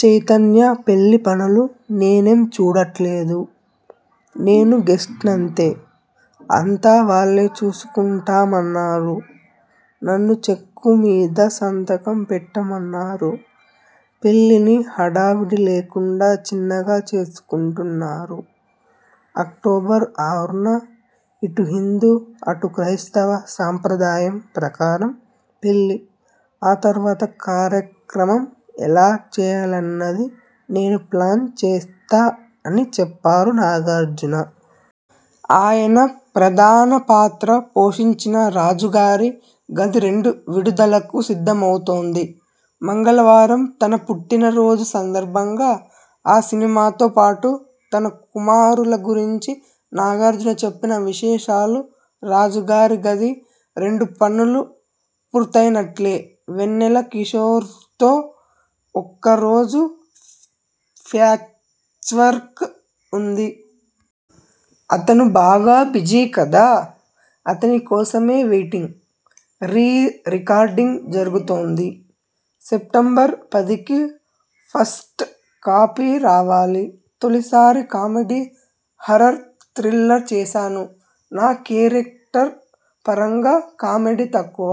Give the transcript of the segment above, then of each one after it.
చైతన్య పెళ్లి పనులు నేనేం చూడట్లేదు. నేను గెస్ట్నంతే. అంతా వాళ్లే చూసుకుంటామన్నారు. నన్ను చెక్కు మీద సంతకం పెట్టమన్నారు. పెళ్లిని హడావిడి లేకుండా చిన్నగా చేసుకుంటున్నారు. అక్టోబర్ ఆరున ఇటు హిందు, అటు క్రైస్తవ సంప్రదాయం ప్రకారం పెళ్లి. ఆ తర్వాత కార్యక్రమం ఎలా చేయాలన్నది నేను ప్లాన్ చేస్తా అని చెప్పారు నాగార్జున. ఆయన ప్రధాన పాత్ర పోషించిన రాజుగారి గది రెండు విడుదలకు సిద్ధమవుతోంది. మంగళవారం తన పుట్టినరోజు సందర్భంగా ఆ సినిమాతో పాటు తన కుమారుల గురించి నాగార్జున చెప్పిన విశేషాలు రాజుగారి గది రెండు పనులు పూర్తయినట్లే. వెన్నెల కిశోర్తో ఒక్క రోజు ప్యాచ్వర్క్ ఉంది. అతను బాగా బిజీ కదా! అతని కోసమే వెయిటింగ్. రీ రికార్డింగ్ జరుగుతోంది. సెప్టెంబర్ పదికి ఫస్ట్ కాపీ రావాలి. తొలిసారి కామెడీ హారర్ థ్రిల్లర్ చేశాను. నా కేరక్టర్ పరంగా కామెడీ తక్కువ.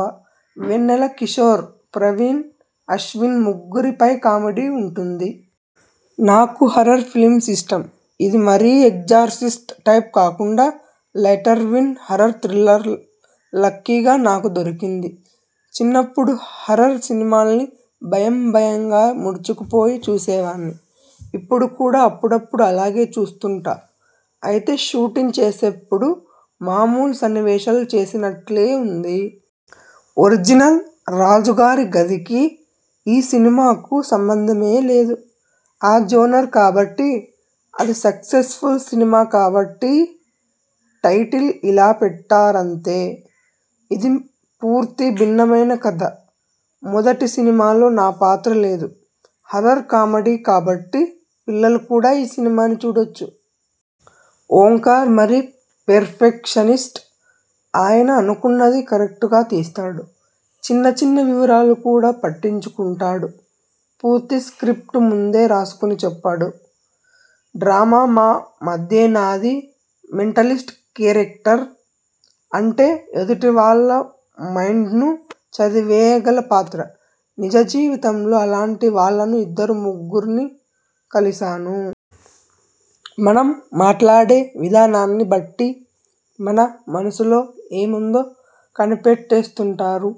వెన్నెల కిశోర్, ప్రవీణ్, అశ్విన్ ముగ్గురి పై కామెడీ ఉంటుంది. నాకు హారర్ ఫిలిమ్స్ ఇష్టం. ఇది మరీ 'ఎగ్జార్సిస్ట్' టైప్ కాకుండా, లైటర్వీన్ హారర్ థ్రిల్లర్ లక్కీ గా నాకు దొరికింది. చిన్నప్పుడు హారర్ సినిమాల్ని భయం భయంగా ముడుచుకుపోయి చూసేవాణ్ని. ఇప్పుడు కూడా అప్పుడప్పుడు అలాగే చూస్తుంటా. అయితే షూటింగ్ చేసేప్పుడు మామూలు సన్నివేశాలు చేసినట్లే ఉంది. ఒరిజినల్ 'రాజుగారి గది'కీ, ఈ సినిమాకూ సంబంధమే లేదు. ఆ జోనర్ కాబట్టి, అది సక్సెస్ఫుల్ సినిమా కాబట్టి.. టైటిల్ ఇలా పెట్టారంతే. ఇది పూర్తి భిన్నమైన కథ. మొదటి సినిమాలో నా పాత్ర లేదు. హారర్ కామెడీ కాబట్టి పిల్లలు కూడా ఈ సినిమాని చూడొచ్చు. ఓంకార్ మరీ పెర్ఫెక్షనిస్ట్. ఆయన అనుకున్నది కరెక్టుగా తీస్తాడు. చిన్న చిన్న వివరాలు కూడా పట్టించుకుంటాడు. పూర్తి స్ర్కిప్టు ముందే రాసుకొని చెప్పాడు. డ్రామా మా మధ్యేనాది మెంటలిస్ట్ కేరక్టర్. అంటే ఎదుటివాళ్ల మైండ్ను చదివేయగల పాత్ర. నిజ జీవితంలో అలాంటి వాళ్లను ఇద్దరు ముగ్గుర్ని కలిశాను. మనం మాట్లాడే విధానాన్ని బట్టి మన మనసులో ఏముందో కనిపెట్టేస్తుంటారు.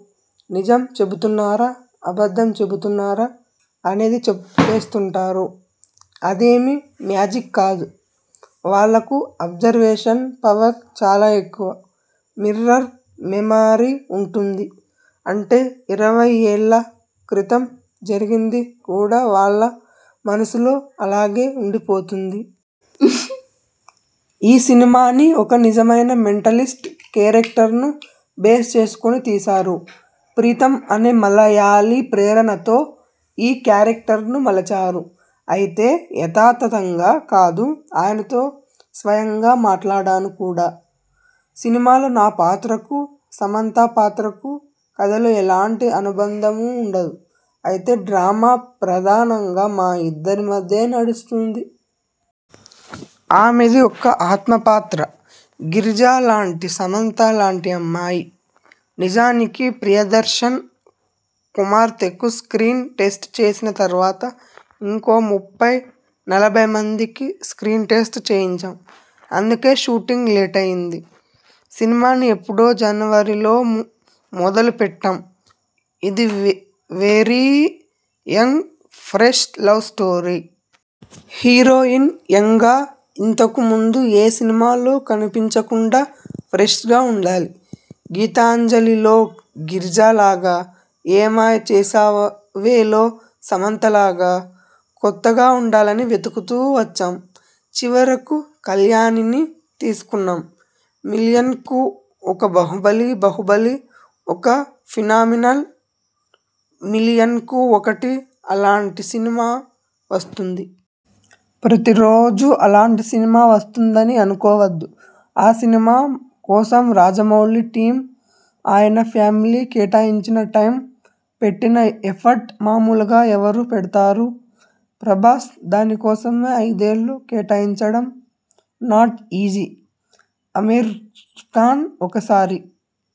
నిజం చెబుతున్నారా, అబద్ధం చెబుతున్నారా అనేది చెప్పేస్తుంటారు. అదేమీ మ్యాజిక్ కాదు. వాళ్లకు అబ్జర్వేషన్ పవర్ చాలా ఎక్కువ. మిర్రర్ మెమరీ ఉంటుంది. అంటే ఇరవై ఏళ్ల క్రితం జరిగింది కూడా వాళ్ల మనసులో అలాగే ఉండిపోతుంది. ఈ సినిమాని ఒక నిజమైన మెంటలిస్ట్ కేరక్టర్ను బేస్ చేసుకొని తీశారు. ప్రీతమ్ అనే మలయాళీ ప్రేరణతో ఈ క్యారెక్టర్ను మలచారు. అయితే యథాతథంగా కాదు. ఆయనతో స్వయంగా మాట్లాడాను కూడా. సినిమాలో నా పాత్రకూ, సమంత పాత్రకూ కథలో ఎలాంటి అనుబంధమూ ఉండదు. అయితే డ్రామా ప్రధానంగా మా ఇద్దరి మధ్యే నడుస్తుంది. ఆమెది ఒక ఆత్మ పాత్ర. గిరిజ లాంటి సమంత లాంటి అమ్మాయి! నిజానికి ప్రియదర్శన్ కుమార్తెకు స్క్రీన్ టెస్ట్ చేసిన తర్వాత ఇంకో ముప్పై, నలభై మందికి స్క్రీన్ టెస్ట్ చేయించాం. అందుకే షూటింగ్ లేటయ్యింది. సినిమాని ఎప్పుడో జనవరి లో మొదలు పెట్టాం. ఇది very young fresh love story. Heroine యంగ్గా, ఇంతకు ముందు ఏ సినిమాలో కనిపించకుండా ఫ్రెష్గా ఉండాలి. 'గీతాంజలి'లో గిరిజలాగా, 'ఏ మాయ చేశావే'లో సమంత లాగా కొత్తగా ఉండాలని వెతుకుతూ వచ్చాం. చివరకు కల్యాణిని తీసుకున్నాం. మిలియన్కు ఒక 'బాహుబలి''బాహుబలి' ఒక ఫినామినల్! మిలియన్కు ఒకటి అలాంటి సినిమా వస్తుంది. ప్రతి రోజూ అలాంటి సినిమా వస్తుందని అనుకోవద్దు. ఆ సినిమా కోసం రాజమౌళి టీమ్, ఆయన ఫ్యామిలీ కేటాయించిన టైమ్, పెట్టిన ఎఫర్ట్ మామూలుగా ఎవరు పెడతారు! ప్రభాస్ దాని కోసమే ఐదేళ్లు కేటాయించడం నాట్ ఈజీ. అమీర్ఖాన్ ఒకసారి